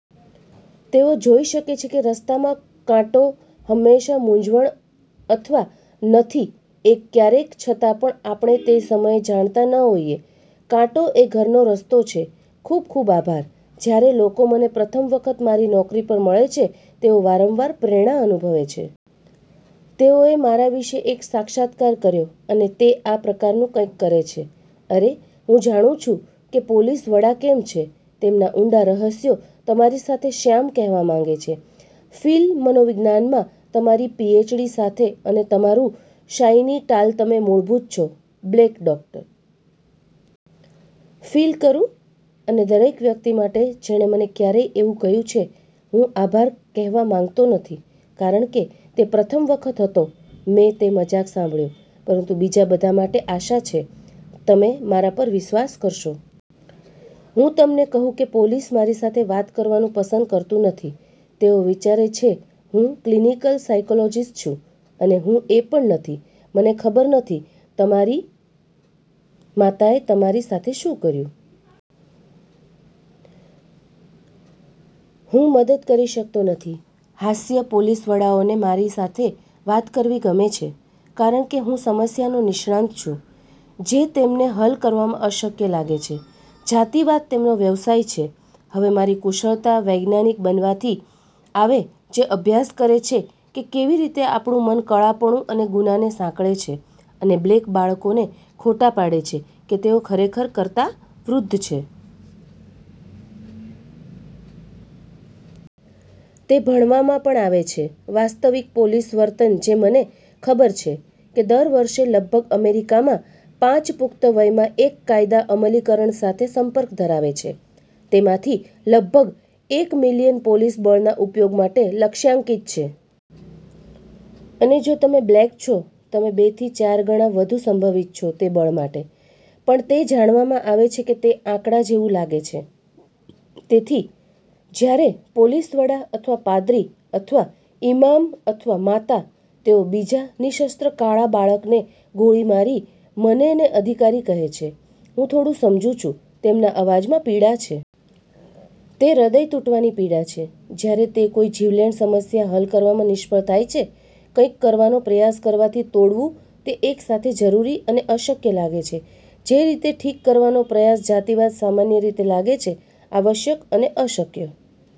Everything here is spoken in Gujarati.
તેઓ જોઈ શકે છે કે રસ્તામાં કાંટો હંમેશા મૂંઝવણ અથવા નથી એક ક્યારેક છતાં પણ આપણે તે સમયે જાણતા ન હોઈએ. કાંટો એ ઘરનો રસ્તો છે. ખુબ ખુબ આભાર! જ્યારે લોકો મને પ્રથમ વખત મારી નોકરી પર મળે છે, તેઓ વારંવાર પ્રેરણા અનુભવે છે. તેઓએ મારા વિશે એક સાક્ષાત્કાર કર્યો અને તે આ પ્રકારનું કંઈક છે, "અરે, હું જાણું છું કે પોલીસ વડા કેમ છે તેમના ઊંડા રહસ્યો તમારી સાથે શ્યામ કહેવા માંગે છે. ફિલ મનોવિજ્ઞાનમાં તમારી પીએચડી સાથે અને તમારું શાઇની ટાલ તમે મૂળભૂત છો બ્લેક ડો. ફિલ, ખરું?" અને દરેક વ્યક્તિ માટે જેણે મને ક્યારેય એવું કહ્યું છે હું આભાર કહેવા માંગતો નથી કારણ કે તે પ્રથમ વખત હતો મેં તે મજાક સંભાળ્યો. પરંતુ બીજા બધા માટે આશા છે તમે મારા પર વિશ્વાસ કરશો. હું તમને કહું કે પોલીસ મારી સાથે વાત કરવાનું પસંદ કરતું નથી. તેઓ વિચારે છે હું ક્લિનિકલ સાઇકોલોજિસ્ટ છું અને હું એ પણ નથી. મને ખબર નથી તમારી માતાએ તમારી સાથે શું કર્યું. હું મદદ કરી શકતો નથી. હાસ્ય પોલીસ વડાઓને મારી સાથે વાત કરવી ગમે છે કારણ કે હું સમસ્યાનો નિષ્ણાત છું જે તેમને હલ કરવામાં અશક્ય લાગે છે. જાતિવાદ તેમનો વ્યવસાય છે. હવે મારી કુશળતા વૈજ્ઞાનીક બનવાથી આવે જે અભ્યાસ કરે છે કે કેવી રીતે આપણું મન કાળાપણું અને ગુનાને સાંકળે છે અને બ્લેક બાળકોને ખોટા પાડે છે કે તેઓ ખરેખર કરતાં વૃદ્ધ છે. તે ભણવામાં પણ આવે છે વાસ્તવિક પોલીસ વર્તન જે મને ખબર છે કે દર વર્ષે લગભગ અમેરિકામાં પાંચ પુખ્ત વયમાં એક કાયદા અમલીકરણ સાથે સંપર્ક ધરાવે છે. તેમાંથી લગભગ એક મિલિયન પોલીસ બળના ઉપયોગ માટે લક્ષ્યાંકિત છે. અને જો તમે બ્લેક છો, તમે બેથી ચાર ગણા વધુ સંભવિત છો તે બળ માટે. પણ તે જાણવામાં આવે છે કે તે આંકડા જેવું લાગે છે. તેથી જ્યારે પોલીસ વડા અથવા પાદરી અથવા ઇમામ અથવા માતા તેઓ બીજા નિશસ્ત્ર કાળા બાળકને ગોળી મારી મનેને અધિકારી કહે છે, હું થોડું સમજું છું તેમના અવાજમાં પીડા છે. તે હૃદય તૂટવાની પીડા છે જ્યારે તે કોઈ જીવલેણ સમસ્યા હલ કરવામાં નિષ્ફળ થાય છે. કંઇક કરવાનો પ્રયાસ કરવાથી તોડવું તે એક સાથે જરૂરી અને અશક્ય લાગે છે. જે રીતે ઠીક કરવાનો પ્રયાસ જાતિવાદ સામાન્ય રીતે લાગે છે આવશ્યક અને અશક્ય.